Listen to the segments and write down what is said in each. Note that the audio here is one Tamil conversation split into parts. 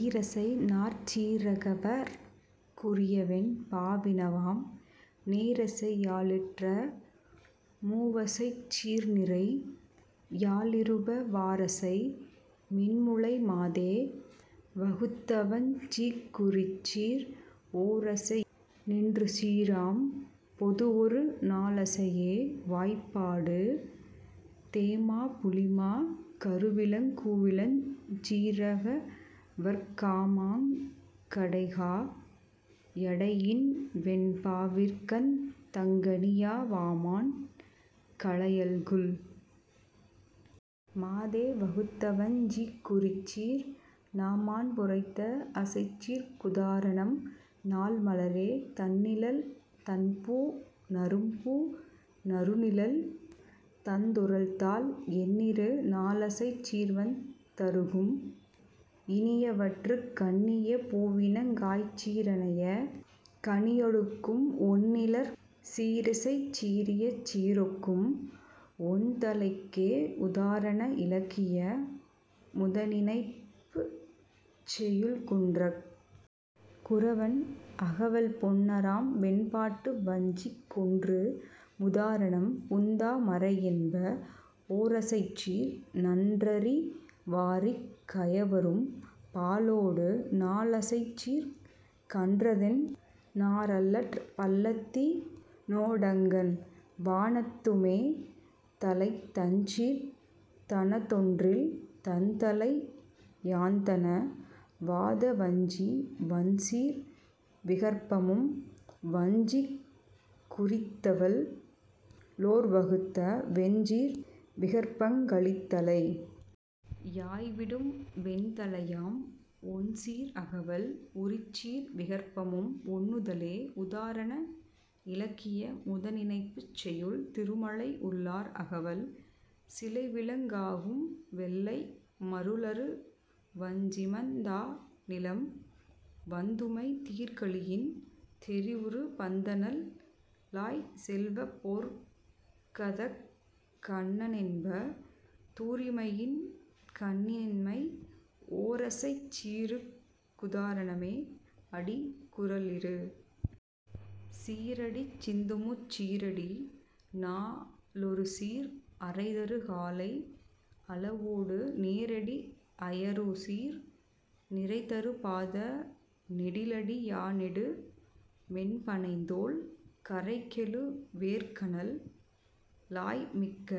ஈரசை நாற்சீ ரகவற் குரியவெண் பாவினவாம் நேரசை யாலிற்ற மூவசைச் சீர்நிரை யாலிறுப வாரசை மென்முலை மாதே வகுத்தவஞ் சிக்குரிச்சீர் ஓரசை யேநின்றுஞ் சீராம் பொதுவொரு நாலசையே வாய்பாடு தேமா புளிமா கருவிளங் கூவிளஞ் சீரகவற் காமாங் கடைகா யடையின்வெண் பாவிற்கந் தங்கனியா வாமாண் கலையல்குல் மாதே வகுத்தவஞ் சிக்குரிச்சீர் நாமாண் புரைத்த அசைச்சீர்க் குதாரணம் நாள்மலரே தண்ணிழல் தண்பூ நறும்பூ நறுநிழல் தந்துறழ்ந்தால் எண்ணிரு நாலசைச் சீர்வந் தருகும் இனியவற்றுட் கண்ணிய பூவினங் காய்ச்சீ ரனைய கனியடொக்கும் ஒண்ணிழற் சீரசைச் சீரியற் சீரொக்கும் ஒண்தளைக்கே உதாரண இலக்கிய முதனினைப்புச் செய்யுள் குன்றக் குறவன் அகவல்பொன் னாரம்வெண் பாட்டுவஞ்சிக் கொன்று முதாரணம் பூந்தா மரையென்ப ஓரசைச்சீர் நன்றறி வாரிற் கயவரும் பாலொடு நாலசைச்சீர்க் கன்றதென் னாரள்ளற் பள்ளத்தி னோடங்கண் வானத்துமே தளை தண்சீர் தனதொன்றில் தன்தளை யாந்தண வாதவஞ்சி வண்சீர் விகற்பமும் வஞ்சிக் குரித்துவல் லோர்வகுத்த வெண்சீர் விகற்பங் கலித்தளை யாய்விடும் வெண்தளையாம் ஒண்சீர் அகவல் உரிச்சீர் விகற்பமும் ஒண்ணுதலே உதாரண இலக்கிய முதனினைப்புச் செய்யுள் திருமழை உள்ளார் அகவல் சிலைவிலங் காகும்வெள்ளை மருளறு வஞ்சிமந் தாநிலம் வந்துமை தீர்கலியின் தெரிவுறு பந்தநல் லாய்செல்வப் போர்க்கதக் கண்ணனென்ப துரிமையின் கண்ணின்மை ஓரசைச் சீருக் குதாரணமே அடி குறளிரு சீரடி சிந்துமுச் சீரடி நாலொருசீர் அறைதரு காலை அளவொடு நேரடி ஐயருசீர் நிறைதரு பாத நெடிலடி யாநெடு மென்பணைத்தோள் கறைகெழு வேற்கணல் லாய்மிக்க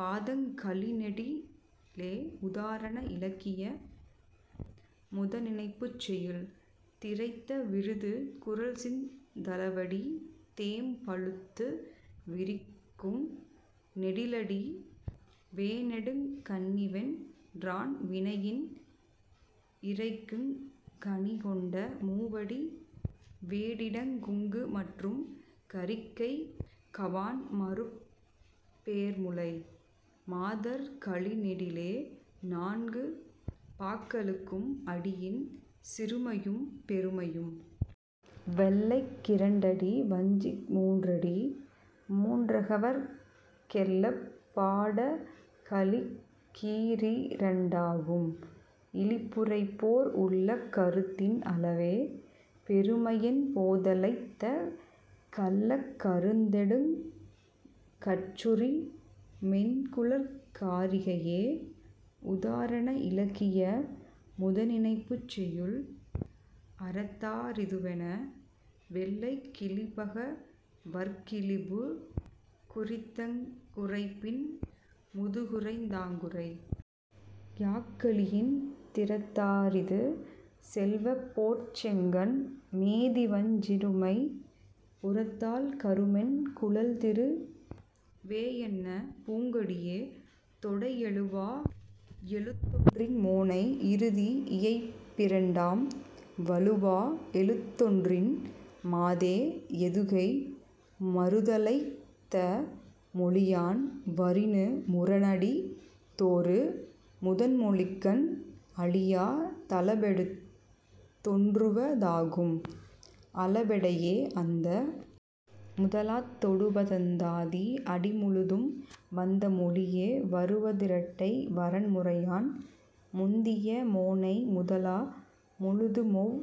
பாதங் கழிநெடிலே உதாரண இலக்கிய முதனினைப்புச் செய்யுள் திரைத்த விருது குறள்சிந் தளவடி தேம்பழுத்து விரிக்கு நெடிலடி வேனெடுங் கண்ணிவென் றான்வினையின் இரைக்குங் கணிகொண்ட மூவடி வோடிடங் கொங்குமற்றும் கரிக்கைக் கவான்மருப் பேர்முலை மாதர் கழிநெடிலே நான்கு பாக்களுக்கும் அடியின் சிறுமையும் பெருமையும். வெள்ளைக் கிரண்டடி வஞ்சிக்கு மூன்றடி மூன்றகவற் கெள்ளப் படாகலிக் கீரிரண் டாகும் இழிபுரைப்போர் உள்ளக் கருத்தின் அளவே பெருமையண் போதலைத்த கள்ளக் கருநெடுங் கட்சுரி மென்குழற் காரிகையே உதாரண இலக்கிய முதனினைப்புச் செய்யுள் அறத்தா றிதுவென வெள்ளைக் கிழிபக வற்கிழிபு குறித்தங் குரைப்பின் முதுகுறைந் தாங்குறை யாக்கலியின் திறத்தா றிதுசெல்வப் போர்ச்செங்கண் மேதிவஞ் சிச்சிறுமை புறத்தாழ் கருமென் குழல்திரு வேயன்ன பூங்கொடியே தொடை எழுவா யெழுத்தொன்றின் மோனை இறுதி இயைபிரண்டாம் வழுவா எழுத்தொன்றின் மாதே எதுகை மறுதலைத்த மொழியான் வரினு முரணடி தோறு முதன்மொழிக்கண் அழியா தளபெடுத் தொன்றுவ தாகும் அளபெடையே அந்த முதலாத் தொடுப்பதந் தாதி அடிமுழுதும் வந்த மொழியே வருவ திரட்டை வரன்முறையான் முந்திய மோனை முதலா முழுதுமொவ்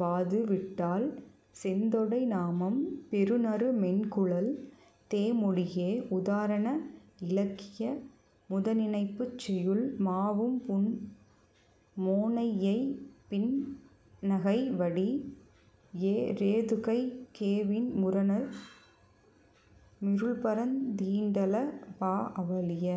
வாதுவிட்டால் செந்தொடை நாமம் பெறுநறு மென்குழல் தேமொழியே உதாரண இலக்கிய முதனினைப்புச் செய்யுள் மாவும்புண் மோனை யியைபின் னகைவடி யேரெதுகைக் கேவின் முரணு மிருள்பரந் தீண்டள பாஅவளிய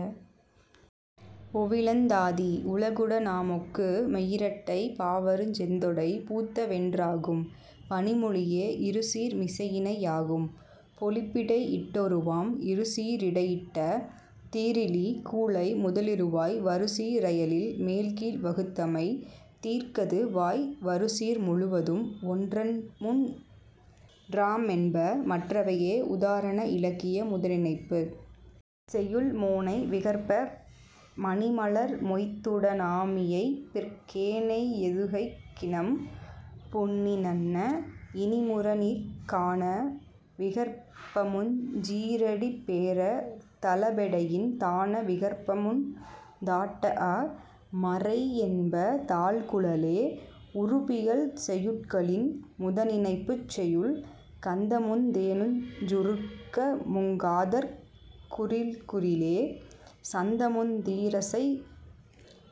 ஓவிலந் தாதி உலகுட னாமொக்கு மேயிரட்டை பாவருஞ் செந்தொடை பூத்தவென் றாகும் பணிமொழியே இருசீர் மிசையிணை யாகும் பொழிப்பிடை யிட்டொருவாம் இருசீ ரிடையிட்ட தீறிலி கூழை முதலிறுவாய் வருசீ ரயலில் மேல்கீழ் வகுத்தமை தீர்கதுவாய் வருசீர் முழுவதும் ஒன்றின்முற் றாமென்ப மற்றவையே உதாரண இலக்கிய முதனினைப்புச் செய்யுள் மோனை விகற்ப மணிமலர் மொய்த்துட னாமியைபிற் கேனை யெதுகைக் கினம்பொன்னி னன்ன இனிமுரனிற் கான விகற்பமுஞ் சீறடிப்பேர தளபெடையின் தான விகற்பமுந் தாட்டாஅ மரையென்ப தாழ்குழலே உறுப்பியல் செய்யுட்களின் முதனினைப்புச் செய்யுள் கந்தமுந் தேனுஞ் சுருக்கமுங் காதற் குறில்குறிலே சந்தமுந் தீரசை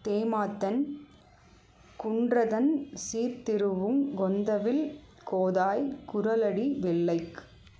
தேமாத்தண் குன்றந்தண் சீர்திருவுங் கொந்தவிழ் கோதாய் குறளடி வெள்ளைக்